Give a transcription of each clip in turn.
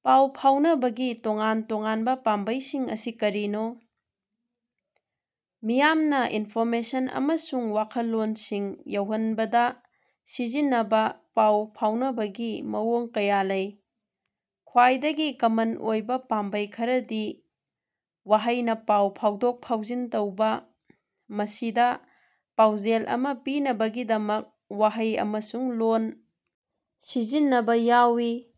ꯄꯥꯎ ꯐꯥꯎꯅꯕꯒꯤ ꯇꯣꯉꯥꯟ-ꯇꯣꯉꯥꯟꯕ ꯄꯥꯝꯕꯩꯁꯤꯡ ꯑꯁꯤ ꯀꯔꯤꯅꯣ? ꯃꯤꯌꯥꯝꯅ ꯏꯟꯐꯣꯔꯃꯦꯁꯟ ꯑꯃꯁꯨꯡ ꯋꯥꯈꯜꯂꯣꯟꯁꯤꯡ ꯌꯧꯍꯟꯕꯗ ꯁꯤꯖꯤꯟꯅꯕ ꯄꯥꯎ ꯐꯥꯎꯅꯕꯒꯤ ꯃꯑꯣꯡ ꯀꯌꯥ ꯂꯩ꯫ ꯈ꯭ꯋꯥꯏꯗꯒꯤ ꯀꯃꯟ ꯑꯣꯏꯕ ꯄꯥꯝꯕꯩ ꯈꯔꯗꯤ ꯋꯥꯍꯩꯅ ꯄꯥꯎ ꯐꯥꯎꯗꯣꯛ-ꯐꯥꯎꯖꯤꯟ ꯇꯧꯕ ꯃꯁꯤꯗ ꯄꯥꯎꯖꯦꯜ ꯑꯃ ꯄꯤꯅꯕꯒꯤꯗꯃꯛ ꯋꯥꯍꯩ ꯑꯃꯁꯨꯡ ꯂꯣꯜ ꯁꯤꯖꯤꯟꯅꯕ ꯌꯥꯎꯏ꯫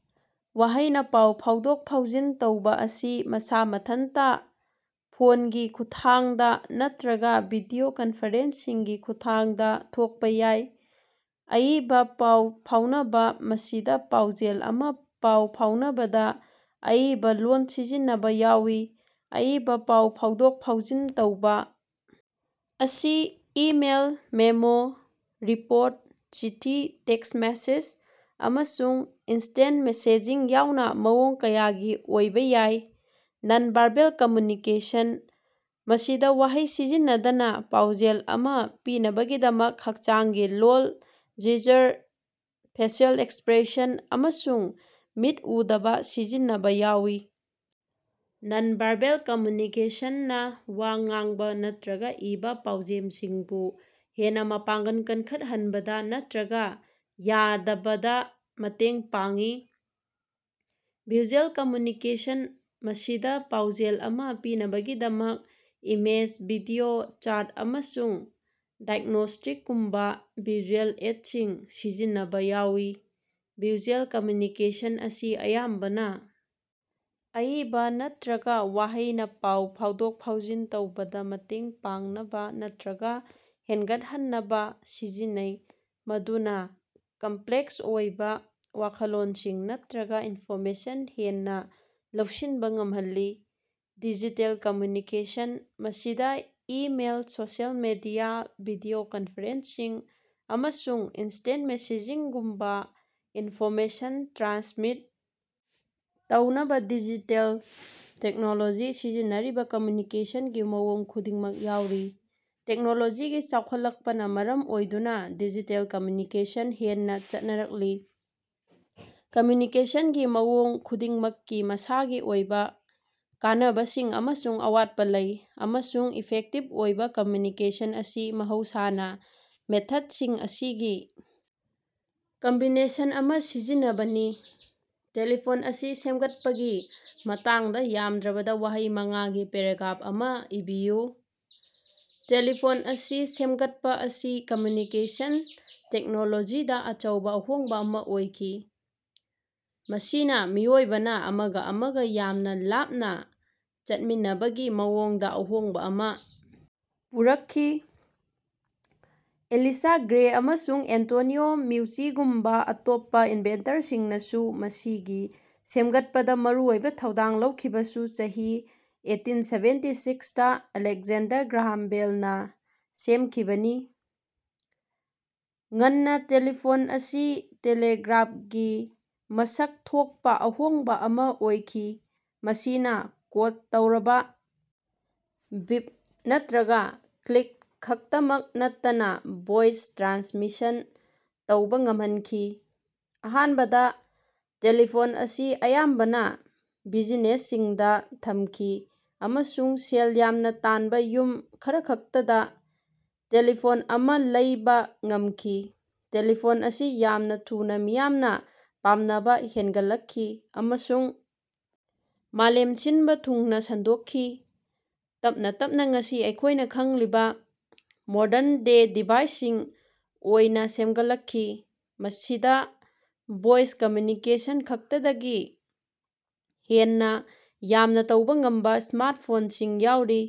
ꯋꯥꯍꯩꯅ ꯄꯥꯎ ꯐꯥꯎꯗꯣꯛ-ꯐꯥꯎꯖꯤꯟ ꯇꯧꯕ ꯑꯁꯤ ꯃꯁ ꯃꯊꯟꯇ, ꯐꯣꯟꯒꯤ ꯈꯨꯠꯊꯥꯡꯗ ꯅꯠꯇ꯭ꯔꯒ ꯚꯤꯗꯤꯑꯣ ꯀꯟꯐꯔꯦꯟꯁꯤꯡꯒꯤ ꯈꯨꯠꯊꯥꯡꯗ ꯊꯣꯛꯄ ꯌꯥꯏ꯫ ꯑꯏꯕ ꯄꯥꯎ ꯐꯥꯎꯅꯕ ꯃꯁꯤꯗ ꯄꯥꯎꯖꯦꯜ ꯑꯃ ꯄꯥꯎ ꯐꯥꯎꯅꯕꯗ ꯑꯏꯕ ꯂꯣꯜ ꯁꯤꯖꯤꯟꯅꯕ ꯌꯥꯎꯏ꯫ ꯑꯏꯕ ꯄꯥꯎ ꯐꯥꯎꯗꯣꯛ-ꯐꯥꯎꯖꯤꯟ ꯇꯧꯕ ꯑꯁꯤ ꯏꯃꯦꯜ, ꯃꯦꯃꯣ, ꯔꯤꯄꯣꯔꯠ, ꯆꯤꯊꯤ, ꯇꯦꯛꯁꯠ ꯃꯦꯁꯦꯖ, ꯑꯃꯁꯨꯡ ꯏꯟꯁꯇꯦꯟꯇ ꯃꯦꯁꯦꯖꯤꯡ ꯌꯥꯎꯅ ꯃꯑꯣꯡ ꯀꯌꯥꯒꯤ ꯑꯣꯏꯕ ꯌꯥꯏ꯫ ꯅꯟ-ꯚꯥꯔꯕꯦꯜ ꯀꯝꯃ꯭ꯌꯨꯅꯤꯀꯦꯁꯟ: ꯃꯁꯤꯗ ꯋꯥꯍꯩ ꯁꯤꯖꯤꯟꯅꯗꯅ ꯄꯥꯎꯖꯦꯜ ꯑꯃ ꯄꯤꯅꯕꯒꯤꯗꯃꯛ ꯍꯛꯆꯥꯡꯒꯤ ꯂꯣꯜ, ꯖꯤꯖꯔ, ꯐꯦꯁꯤꯑꯦꯜ ꯑꯦꯛꯁꯄ꯭ꯔꯦꯁꯟ ꯑꯃꯁꯨꯡ ꯃꯤꯠ ꯎꯗꯕ ꯁꯤꯖꯤꯟꯅꯕ ꯌꯥꯎꯏ꯫ ꯅꯟ-ꯚꯥꯔꯕꯦꯜ ꯀꯝꯃ꯭ꯌꯨꯅꯤꯀꯦꯁꯟꯅ ꯋꯥ ꯉꯥꯡꯕ ꯅꯠꯇ꯭ꯔꯒ ꯏꯕꯥ ꯄꯥꯎꯖꯦꯝꯁꯤꯡꯕꯨ ꯍꯦꯟꯅ ꯃꯄꯥꯡꯒꯜ ꯀꯟꯈꯠꯍꯟꯕꯗ ꯅꯠꯇ꯭ꯔꯒ ꯌꯥꯗꯕꯗ ꯃꯇꯦꯡ ꯄꯥꯡꯏ꯫ ꯚꯤꯖꯨꯑꯦꯜ ꯀꯝꯃ꯭ꯌꯨꯅꯤꯀꯦꯁꯟ: ꯃꯁꯤꯗ ꯄꯥꯎꯖꯦꯜ ꯑꯃ ꯄꯤꯅꯕꯒꯤꯗꯃꯛ ꯏꯃꯦꯖ, ꯚꯤꯗꯤꯑꯣ, ꯆꯥꯔꯠ, ꯑꯃꯁꯨꯡ ꯗꯥꯏꯒ꯭ꯅꯣꯁꯇꯤꯛꯒꯨꯝꯕ ꯚꯤꯖꯨꯑꯦꯜ ꯑꯦꯗꯁꯤꯡ ꯁꯤꯖꯤꯟꯅꯕ ꯌꯥꯎꯏ꯫ ꯚꯤꯖꯨꯑꯦꯜ ꯀꯝꯃ꯭ꯌꯨꯅꯤꯀꯦꯁꯟ ꯑꯁꯤ ꯑꯌꯥꯝꯕꯅ ꯑꯏꯕ ꯅꯠꯇ꯭ꯔꯒ ꯋꯥꯍꯩꯅ ꯄꯥꯎ ꯐꯥꯎꯗꯣꯛ-ꯐꯥꯎꯖꯤꯟ ꯇꯧꯕꯗ ꯃꯇꯦꯡ ꯄꯥꯡꯅꯕ ꯅꯠꯇ꯭ꯔꯒ ꯍꯦꯟꯒꯠꯍꯟꯅꯕ ꯁꯤꯖꯤꯟꯅꯩ, ꯃꯗꯨꯅ ꯀꯝꯄ꯭ꯂꯦꯛꯁ ꯑꯣꯏꯕ ꯋꯥꯈꯜꯂꯣꯟꯁꯤꯡ ꯅꯠꯇ꯭ꯔꯒ ꯏꯟꯐꯣꯔꯃꯦꯁꯟ ꯍꯦꯟꯅ ꯂꯧꯁꯤꯟꯕ ꯉꯝꯍꯜꯂꯤ꯫ ꯗꯤꯖꯤꯇꯦꯜ ꯀꯝꯃ꯭ꯌꯨꯅꯤꯀꯦꯁꯟ: ꯃꯁꯤꯗ email, social media, video conferencing, ꯑꯃꯁꯨꯡ ꯏꯟꯁꯇꯦꯟꯇ ꯃꯦꯁꯦꯖꯤꯡꯒꯨꯝꯕ ꯏꯟꯐꯣꯔꯃꯦꯁꯟ ꯇ꯭ꯔꯥꯟꯁꯃꯤꯠ ꯇꯧꯅꯕ ꯗꯤꯖꯤꯇꯦꯜ ꯇꯦꯛꯅꯣꯂꯣꯖꯤ ꯁꯤꯖꯤꯟꯅꯔꯤꯕ ꯀꯝꯃ꯭ꯌꯨꯅꯤꯀꯦꯁꯟꯒꯤ ꯃꯑꯣꯡ ꯈꯨꯗꯤꯡꯃꯛ ꯌꯥꯎꯔꯤ꯫ ꯇꯦꯛꯅꯣꯂꯣꯖꯤꯒꯤ ꯆꯥꯎꯈꯠꯂꯛꯄꯅ ꯃꯔꯝ ꯑꯣꯏꯗꯨꯅ ꯗꯤꯖꯤꯇꯦꯜ ꯀꯝꯃ꯭ꯌꯨꯅꯤꯀꯦꯁꯟ ꯍꯦꯟꯅ ꯆꯠꯅꯔꯛꯂꯤ꯫ ꯀꯝꯃ꯭ꯌꯨꯅꯤꯀꯦꯁꯟꯒꯤ ꯃꯑꯣꯡ ꯈꯨꯗꯤꯡꯃꯛꯀꯤ ꯃꯁꯥꯒꯤ ꯑꯣꯏꯕ ꯀꯥꯟꯅꯕꯁꯤꯡ ꯑꯃꯁꯨꯡ ꯑꯋꯥꯠꯄ ꯂꯩ, ꯑꯃꯁꯨꯡ ꯏꯐꯦꯛꯇꯤꯚ ꯑꯣꯏꯕ ꯀꯝꯃ꯭ꯌꯨꯅꯤꯀꯦꯁꯟ ꯑꯁꯤ ꯃꯍꯧꯁꯥꯅ ꯃꯦꯊꯗꯁꯤꯡ ꯑꯁꯤꯒꯤ ꯀꯝꯕꯤꯅꯦꯁꯟ ꯑꯃ ꯁꯤꯖꯤꯟꯅꯕꯅꯤ꯫ ꯇꯦꯂꯤꯐꯣꯟ ꯑꯁꯤ ꯁꯦꯝꯒꯠꯄꯒꯤ ꯃꯇꯥꯡꯗ ꯌꯥꯝꯗ꯭ꯔꯕꯗ ꯋꯥꯍꯩ ꯃꯉꯥꯒꯤ ꯄꯦꯔꯥꯒ꯭ꯔꯥꯐ ꯑꯃ ꯏꯕꯤꯌꯨ꯫ ꯇꯦꯂꯤꯐꯣꯟ ꯑꯁꯤ ꯁꯦꯝꯒꯠꯄ ꯑꯁꯤ ꯀꯝꯃ꯭ꯌꯨꯅꯤꯀꯦꯁꯟ ꯇꯦꯛꯅꯣꯂꯣꯖꯤꯗ ꯑꯆꯧꯕ ꯑꯍꯣꯡꯕ ꯑꯃ ꯑꯣꯏꯈꯤ, ꯃꯁꯤꯅ ꯃꯤꯑꯣꯏꯕꯅ ꯑꯃꯒ ꯑꯃꯒ ꯌꯥꯝꯅ ꯂꯥꯞꯅ ꯆꯠꯃꯤꯟꯅꯕꯒꯤ ꯃꯑꯣꯡꯗ ꯑꯍꯣꯡꯕ ꯑꯃ ꯄꯨꯔꯛꯈꯤ꯫ ꯑꯦꯂꯤꯁꯥ ꯒ꯭ꯔꯦ ꯑꯃꯁꯨꯡ ꯑꯦꯟꯇꯣꯅꯤꯑꯣ ꯃꯦꯎꯆꯤꯒꯨꯝꯕ ꯑꯇꯣꯞꯄ ꯏꯟꯚꯦꯟꯇꯔꯁꯤꯡꯅꯁꯨ ꯃꯁꯤꯒꯤ ꯁꯦꯝꯒꯠꯄꯗ ꯃꯔꯨꯑꯣꯏꯕ ꯊꯧꯗꯥꯡ ꯂꯧꯈꯤꯕꯁꯨ ꯆꯍꯤ eighteen seventy six Alexander Graham ꯕꯦꯜꯅ ꯁꯦꯝꯈꯤꯕꯅꯤ꯫ ꯉꯟꯅ ꯇꯦꯂꯤꯐꯣꯟ ꯑꯁꯤ ꯇꯦꯂꯤꯒ꯭ꯔꯥꯐꯇꯒꯤ ꯃꯁꯛ ꯊꯣꯛꯄ ꯑꯍꯣꯡꯕ ꯑꯃ ꯑꯣꯏꯈꯤ ꯃꯁꯤꯅ ꯀꯣꯗ ꯇꯧꯔꯕ ꯕꯤꯞ ꯅꯠꯇ꯭ꯔꯒ ꯀ꯭ꯂꯤꯛ ꯈꯛꯇꯃꯛ ꯅꯠꯇꯅ ꯚꯣꯏꯁ ꯇ꯭ꯔꯥꯟꯁꯃꯤꯁꯟ ꯇꯧꯕ ꯉꯝꯍꯟꯈꯤ꯫ ꯑꯍꯥꯟꯕꯗ ꯇꯦꯂꯤꯐꯣꯟ ꯑꯁꯤ ꯑꯌꯥꯝꯕꯅ ꯕꯤꯖꯤꯅꯦꯁꯁꯤꯡꯗ ꯊꯝꯈꯤ ꯑꯃꯁꯨꯡ ꯁꯦꯜ ꯌꯥꯝꯅ ꯇꯥꯟꯕ ꯌꯨꯝ ꯈꯔꯈꯛꯇꯗ ꯇꯦꯂꯤꯐꯣꯟ ꯑꯃ ꯂꯩꯕ ꯉꯝꯈꯤ꯫ ꯇꯦꯂꯤꯐꯣꯟ ꯑꯁꯤ ꯌꯥꯝꯅ ꯊꯨꯅ ꯃꯤꯌꯥꯝꯅ ꯄꯥꯝꯅꯕ ꯍꯦꯟꯒꯠꯂꯛꯈꯤ ꯑꯃꯁꯨꯡ ꯃꯥꯂꯦꯝ ꯁꯤꯟꯕ ꯊꯨꯡꯅ ꯁꯟꯗꯣꯛꯈꯤ, ꯇꯞꯅ ꯇꯞꯅ ꯉꯁꯤ ꯑꯩꯈꯣꯏꯅ ꯈꯪꯂꯤꯕ ꯃꯣꯗꯔꯟ ꯗꯦ ꯗꯤꯚꯥꯏꯁꯁꯤꯡ ꯑꯣꯏꯅ ꯁꯦꯝꯒꯠꯂꯛꯈꯤ, ꯃꯁꯤꯗꯥ ꯚꯣꯏꯁ ꯀꯝꯃ꯭ꯌꯨꯅꯤꯀꯦꯁꯟ ꯈꯛꯇꯗꯒꯤ ꯍꯦꯟꯅ ꯌꯥꯝꯅ ꯇꯧꯕ ꯉꯝꯕ ꯁ꯭ꯃꯥꯔꯇꯐꯣꯟꯁꯤꯡ ꯌꯥꯎꯔꯤ꯫